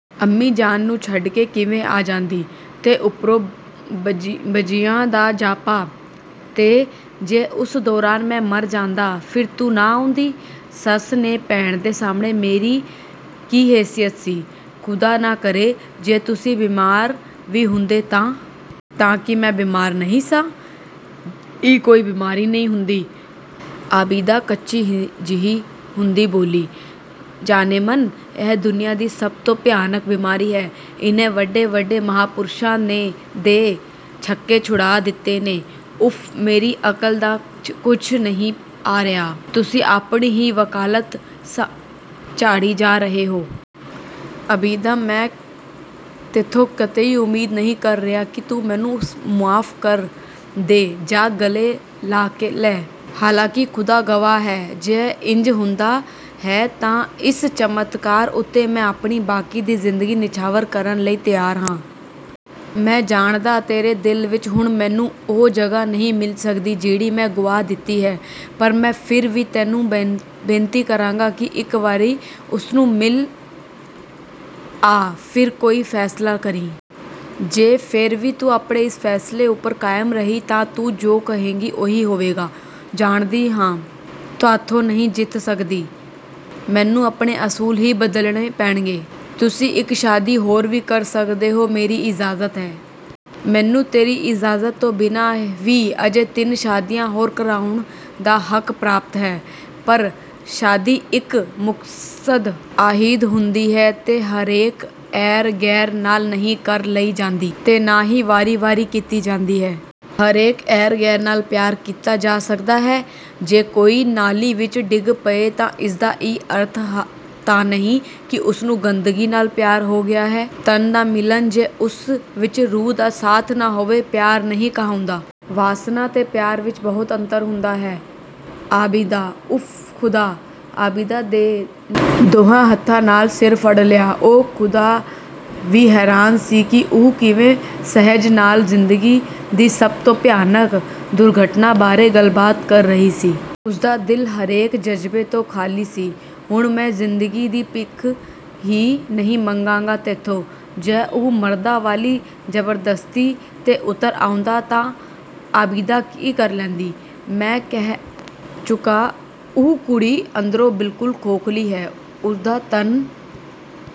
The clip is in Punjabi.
"ਅੰਮੀ ਜਾਨ ਨੂੰ ਛੱਡ ਕੇ ਕਿਵੇਂ ਆ ਜਾਂਦੀ!ਤੇ ਉੱਪਰੋਂ ਬਜੀਆ ਦਾ ਜਾਪਾ!" "ਤੇ ਜੇ ਉਸ ਦੌਰਾਨ ਮੈਂ ਮਰ ਜਾਂਦਾ, ਫਿਰ ਤੂੰ ਨਾ ਆਉਂਦੀ? ਸੱਸ ਤੇ ਭੈਣ ਦੇ ਸਾਹਮਣੇ ਮੇਰੀ ਕੀ ਹੈਸੀਅਤ ਸੀ!" "ਖ਼ੁਦਾ ਨਾ ਕਰੇ ਜੇ ਤੁਸੀਂ ਬਿਮਾਰ ਵੀ ਹੁੰਦੇ ਤਾਂ..." "ਤਾਂ ਕੀ ਮੈਂ ਬਿਮਾਰ ਨਹੀਂ ਸਾਂ?" "ਇਹ ਕੋਈ ਬਿਮਾਰੀ ਨਹੀਂ ਹੁੰਦੀ," ਆਬਿਦਾ ਕੱਚੀ ਜਿਹੀ ਹੁੰਦੀ ਬੋਲੀ। "ਜਾਨੇ-ਮਨ, ਇਹ ਦੁਨੀਆਂ ਦੀ ਸਭ ਤੋਂ ਭਿਆਨਕ ਬਿਮਾਰੀ ਹੈ, ਇਹਨੇ ਵੱਡੇ-ਵੱਡੇ ਮਹਾਂਪੁਰਸ਼ਾਂ ਦੇ ਛੱਕੇ-ਛੁਡਾ ਦਿੱਤੇ ਨੇ।" "ਉਫ਼, ਮੇਰੀ ਅਕਲ 'ਚ ਕੁਝ ਨਹੀਂ ਆ ਰਿਹਾ, ਤੁਸੀਂ ਆਪਣੀ ਹੀ ਵਕਾਲਤ ਝਾੜੀ ਜਾ ਰਹੇ ਹੋ।" "ਆਬਿਦਾ, ਮੈਂ ਤੈਥੋਂ ਕਤਈ ਉਮੀਦ ਨਹੀਂ ਕਰ ਰਿਹਾ ਕਿ ਤੂੰ ਮੈਨੂੰ ਮੁਆਫ਼ ਕਰ ਦੇ ਜਾਂ ਗਲੇ ਲਾ ਲੈ। ਹਾਲਾਂਕਿ ਖ਼ੁਦਾ ਗਵਾਹ ਹੈ, ਜੇ ਇੰਜ ਹੁੰਦਾ ਹੈ ਤਾਂ ਇਸ ਚਮਤਕਾਰ ਉੱਤੇ ਮੈਂ ਆਪਣੀ ਬਾਕੀ ਦੀ ਜ਼ਿੰਦਗੀ ਨਿਛਾਵਰ ਕਰਨ ਲਈ ਤਿਆਰ ਹਾਂ। ਮੈਂ ਜਾਣਦਾ, ਤੇਰੇ ਦਿਲ ਵਿੱਚ ਹੁਣ ਮੈਨੂੰ, ਉਹ ਜਗ੍ਹਾ ਨਹੀਂ ਮਿਲ ਸਕਦੀ ਜਿਹੜੀ ਮੈਂ ਗੁਆ ਦਿੱਤੀ ਹੈ, ਪਰ ਮੈਂ ਫਿਰ ਵੀ ਤੈਨੂੰ ਬੇਨਤੀ ਕਰਾਂਗਾ ਕਿ ਇੱਕ ਵਾਰੀ ਉਸਨੂੰ ਮਿਲ ਆ, ਫਿਰ ਕੋਈ ਫ਼ੈਸਲਾ ਕਰੀਂ। ਜੇ ਫਿਰ ਵੀ ਤੂੰ ਆਪਣੇ ਇਸ ਫ਼ੈਸਲੇ ਉੱਪਰ ਕਾਇਮ ਰਹੀ ਤਾਂ ਤੂੰ ਜੋ ਕਹੇਂਗੀ, ਉਹੀ ਹੋਵੇਗਾ।" "ਜਾਣਦੀ ਹਾਂ ਤੁਹਾਥੋਂ ਨਹੀਂ ਜਿੱਤ ਸਕਦੀ। ਮੈਨੂੰ ਆਪਣੇ ਅਸੂਲ ਹੀ ਬਦਲਣੇ ਪੈਣਗੇ। ਤੁਸੀਂ ਇੱਕ ਸ਼ਾਦੀ ਹੋਰ ਵੀ ਕਰ ਸਕਦੇ ਹੋ, ਮੇਰੀ ਇਜਾਜ਼ਤ ਹੈ।" "ਮੈਨੂੰ ਤੇਰੀ ਇਜਾਜ਼ਤ ਤੋਂ ਬਿਨਾਂ ਵੀ ਅਜੇ ਤਿੰਨ ਸ਼ਾਦੀਆਂ ਹੋਰ ਕਰਵਾਉਣ ਦਾ ਹੱਕ ਪ੍ਰਾਪਤ ਹੈ, ਪਰ ਸ਼ਾਦੀ ਇੱਕ ਮੁਕੱਦਸ ਅਹਿਦ ਹੁੰਦੀ ਹੈ ਤੇ ਹਰੇਕ ਐਰ-ਗ਼ੈਰ ਨਾਲ ਨਹੀਂ ਕਰ ਲਈ ਜਾਂਦੀ, ਤੇ ਨਾ ਹੀ ਵਾਰੀ-ਵਾਰੀ ਕੀਤੀ ਜਾਂਦੀ ਹੈ।" "ਹਰੇਕ ਐਰ-ਗ਼ੈਰ ਨਾਲ ਪਿਆਰ ਕੀਤਾ ਜਾ ਸਕਦਾ ਹੈ?" "ਜੇ ਕੋਈ ਨਾਲੀ ਵਿੱਚ ਡਿੱਗ ਪਵੇ ਤਾਂ ਇਸਦਾ ਇਹ ਅਰਥ ਤਾਂ ਨਹੀਂ ਕਿ ਉਸਨੂੰ ਗੰਦਗੀ ਨਾਲ ਪਿਆਰ ਹੋ ਗਿਆ...! ਤਨ ਦਾ ਮਿਲਨ ਜੇ ਉਸ ਵਿੱਚ ਰੂਹ ਦਾ ਸਾਥ ਨਾ ਹੋਵੇ, ਪਿਆਰ ਨਹੀਂ ਕਹਾਉਂਦਾ...। ਵਾਸਨਾ ਤੇ ਪਿਆਰ ਵਿੱਚ ਬੜਾ ਅੰਤਰ ਹੁੰਦਾ ਹੈ, ਆਬਿਦਾ।" "ਉਫ਼ ਖ਼ੁਦਾ!" ਆਬਿਦਾ ਨੇ ਦੋਹਾਂ ਹੱਥਾਂ ਨਾਲ ਸਿਰ ਫੜ ਲਿਆ। ਉਹ ਖ਼ੁਦ ਵੀ ਹੈਰਾਨ ਸੀ ਕਿ ਉਹ ਕਿਵੇਂ ਸਹਿਜ ਨਾਲ ਜ਼ਿੰਦਗੀ ਦੀ ਸਭ ਤੋਂ ਭਿਆਨਕ ਦੁਰਘਟਨਾ ਬਾਰੇ ਗੱਲਬਾਤ ਕਰ ਰਹੀ ਸੀ! ਉਸਦਾ ਦਿਲ ਹਰੇਕ ਜਜ਼ਬੇ ਤੋਂ ਖਾ਼ਲੀ ਸੀ। "ਹੁਣ ਮੈਂ ਜ਼ਿੰਦਗੀ ਦੀ ਭੀਖ ਵੀ ਨਹੀਂ ਮੰਗਾਂਗਾ, ਤੈਥੋਂ।"... ਜੇ ਉਹ ਮਰਦਾਂ ਵਾਲੀ ਜ਼ਬਰਦਸਤੀ 'ਤੇ ਉਤਰ ਆਉਂਦਾ ਤਾਂ ਆਬਿਦਾ ਕੀ ਕਰ ਲੈਂਦੀ? "ਮੈਂ ਕਹਿ ਚੁੱਕਾ, ਉਹ ਕੁੜੀ ਅੰਦਰੋਂ ਬਿਲਕੁਲ ਖੋਖ਼ਲੀ ਹੈ।" "ਉਹਦਾ ਤਨ